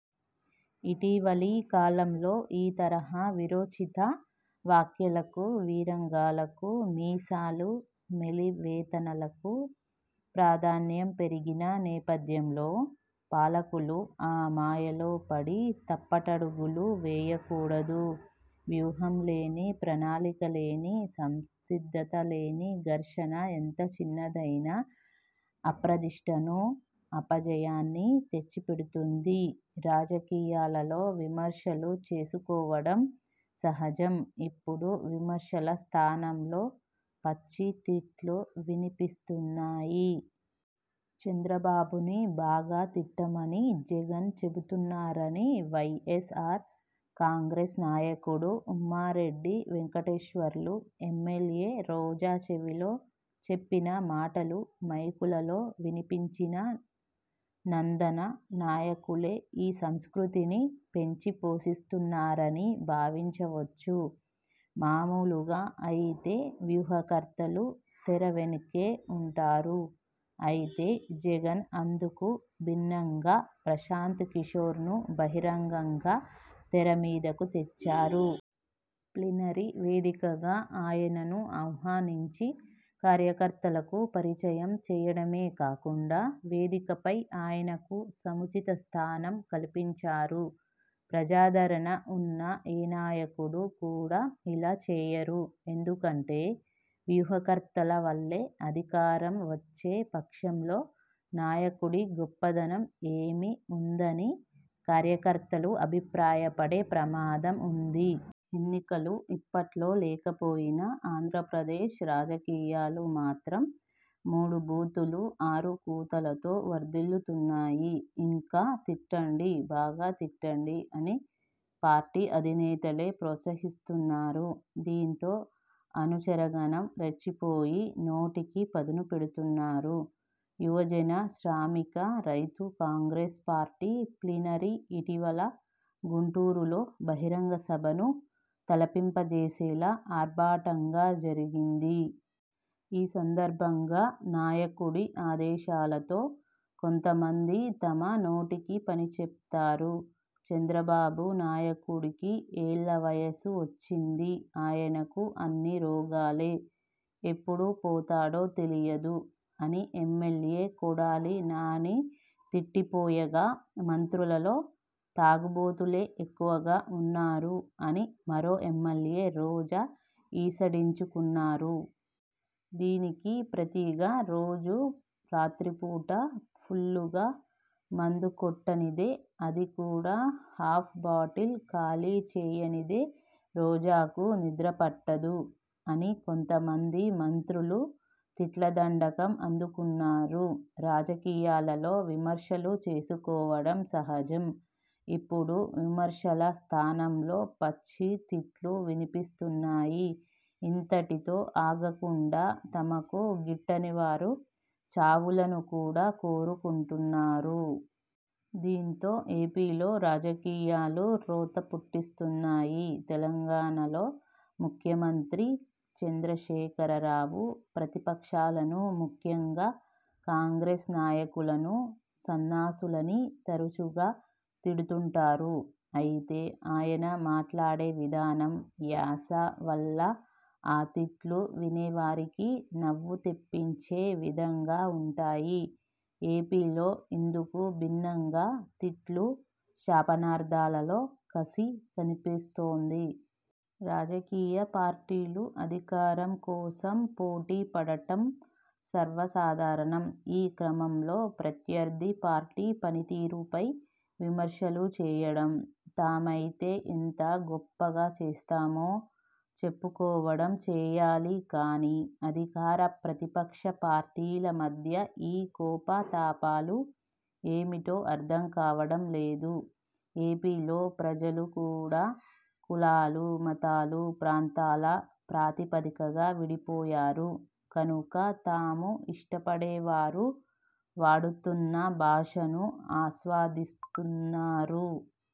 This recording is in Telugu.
ఇటీవలి కాలంలో ఈ తరహా వీరోచిత వ్యాఖ్యలకు, వీరంగాలకు, మీసాలు మెలివేతలకూ ప్రాధాన్యం పెరిగిన నేపథ్యంలో, పాలకులు ఆ మాయలో పడి తప్పటడుగులు వేయకూడదు. వ్యూహంలేని, ప్రణాళికలేని, సంసిద్ధతలేని ఘర్షణ ఎంత చిన్నదైనా అప్రదిష్టనూ, అపజయాన్నీ తెచ్చిపెడుతుంది. రాజకీయాలలో విమర్శలు చేసుకోవడం సహజం. ఇప్పుడు విమర్శల స్థానంలో పచ్చి తిట్లు వినిపిస్తున్నాయి. చంద్రబాబును బాగా తిట్టమని జగన్ చెబుతున్నారని వై. ఎస్. ఆర్. కాంగ్రెస్ నాయకుడు ఉమ్మారెడ్డి వెంకటేశ్వర్లు ఎమ్మెల్యే రోజా చెవిలో చెప్పిన మాటలు మైకులలో వినిపించి నందున నాయకులే ఈ సంస్కృతిని పెంచి పోషిస్తున్నారని భావించవచ్చు. మామూలుగా అయితే వ్యూహకర్తలు తెర వెనుకే ఉంటారు. అయితే జగన్ అందుకు భిన్నంగా ప్రశాంత్ కిశోర్ను బహిరంగంగా తెర మీదకు తెచ్చారు. ప్లీనరీ వేదికగా ఆయనను ఆహ్వానించి కార్యకర్తలకు పరిచయం చేయడమే కాకుండా వేదికపై ఆయనకు సముచిత స్థానం కల్పించారు. ప్రజాదరణ ఉన్న ఏ నాయకుడు కూడా ఇలా చేయరు. ఎందుకంటే వ్యూహకర్తల వల్లే అధికారం వచ్చే పక్షంలో నాయకుడి గొప్పదనం ఏమి ఉందని కార్యకర్తలు అభిప్రాయపడే ప్రమాదం ఉంది. ఎన్నికలు ఇప్పట్లో లేకపోయినా ఆంధ్రప్రదేశ్ రాజకీయాలు మాత్రం 'మూడు బూతులు– ఆరు కూతలతో' వర్ధిల్లుతున్నాయి. 'ఇంకా తిట్టండి– బాగా తిట్టండి' అని పార్టీ అధినేతలే ప్రోత్సహిస్తున్నారు. దీంతో అనుచరగణం రెచ్చిపోయి నోటికి పదును పెడుతున్నారు. యువజన శ్రామిక రైతు కాంగ్రెస్ పార్టీ ప్లీనరీ ఇటీవల గుంటూరులో బహిరంగసభను తలపింపజేసేలా ఆర్భాటంగా జరిగింది. ఈ సందర్భంగా నాయకుడి ఆదేశాలతో కొంతమంది తమ నోటికి పని చెప్పారు. ''చంద్రబాబు నాయుడికి ఏళ్ల వయసు వచ్చింది. ఆయనకు అన్నీ రోగాలే! ఎప్పుడు పోతాడో తెలియదు'' అని ఎమ్మెల్యే కొడాలి నాని తిట్టిపోయగా, ''మంత్రులలో తాగుబోతులే ఎక్కువగా ఉన్నారు'' అని మరో ఎమ్మెల్యే రోజా ఈసడించుకున్నారు. దీనికి ప్రతిగా ''రోజూ రాత్రిపూట ఫుల్లుగా మందు కొట్టనిదే అది కూడా హాఫ్ బాటిల్ ఖాళీ చేయనిదే రోజాకు నిద్ర పట్టదు'' అని కొంతమంది మంత్రులు తిట్ల దండకం అందుకున్నారు. రాజకీయాలలో విమర్శలు చేసుకోవడం సహజం. ఇప్పుడు విమర్శల స్థానంలో పచ్చి తిట్లు వినిపిస్తున్నాయి. ఇంతటితో ఆగకుండా తమకు గిట్టనివారి చావులను కూడా కోరుకుంటున్నారు. దీంతో ఏపీలో రాజకీయాలు రోత పుట్టిస్తున్నాయి. తెలంగాణలో ముఖ్యమంత్రి చంద్రశేఖరరావు ప్రతిపక్షాలను ముఖ్యంగా కాంగ్రెస్ నాయకులను సన్నాసులని తరచుగా తిడుతుంటారు. అయితే ఆయన మాట్లాడే విధానం, యాస వల్ల ఆ తిట్లు వినేవారికి నవ్వు తెప్పించే విధంగా ఉంటాయి. ఏపీలో ఇందుకు భిన్నంగా తిట్లు– శాపనార్థాలలో కసి కనిపిస్తోంది. రాజకీయ పార్టీలు అధికారం కోసం పోటీపడటం సర్వ సాధారణం! ఈ క్రమంలో ప్రత్యర్థి పార్టీ పనితీరుపై విమర్శలు చేయడం, తామైతే ఎంత గొప్పగా చేస్తామో చెప్పుకోవడం చేయాలి గానీ అధికార – ప్రతిపక్ష పార్టీల మధ్య ఈ కోపతాపాలు ఏమిటో అర్థంకావడం లేదు. ఏపీలో ప్రజలు కూడా కులాలు, మతాలు, ప్రాంతాల ప్రాతిపదికగా విడిపోయారు కనుక తాము ఇష్టపడేవారు వాడుతున్న భాషను ఆస్వాదిస్తున్నారు.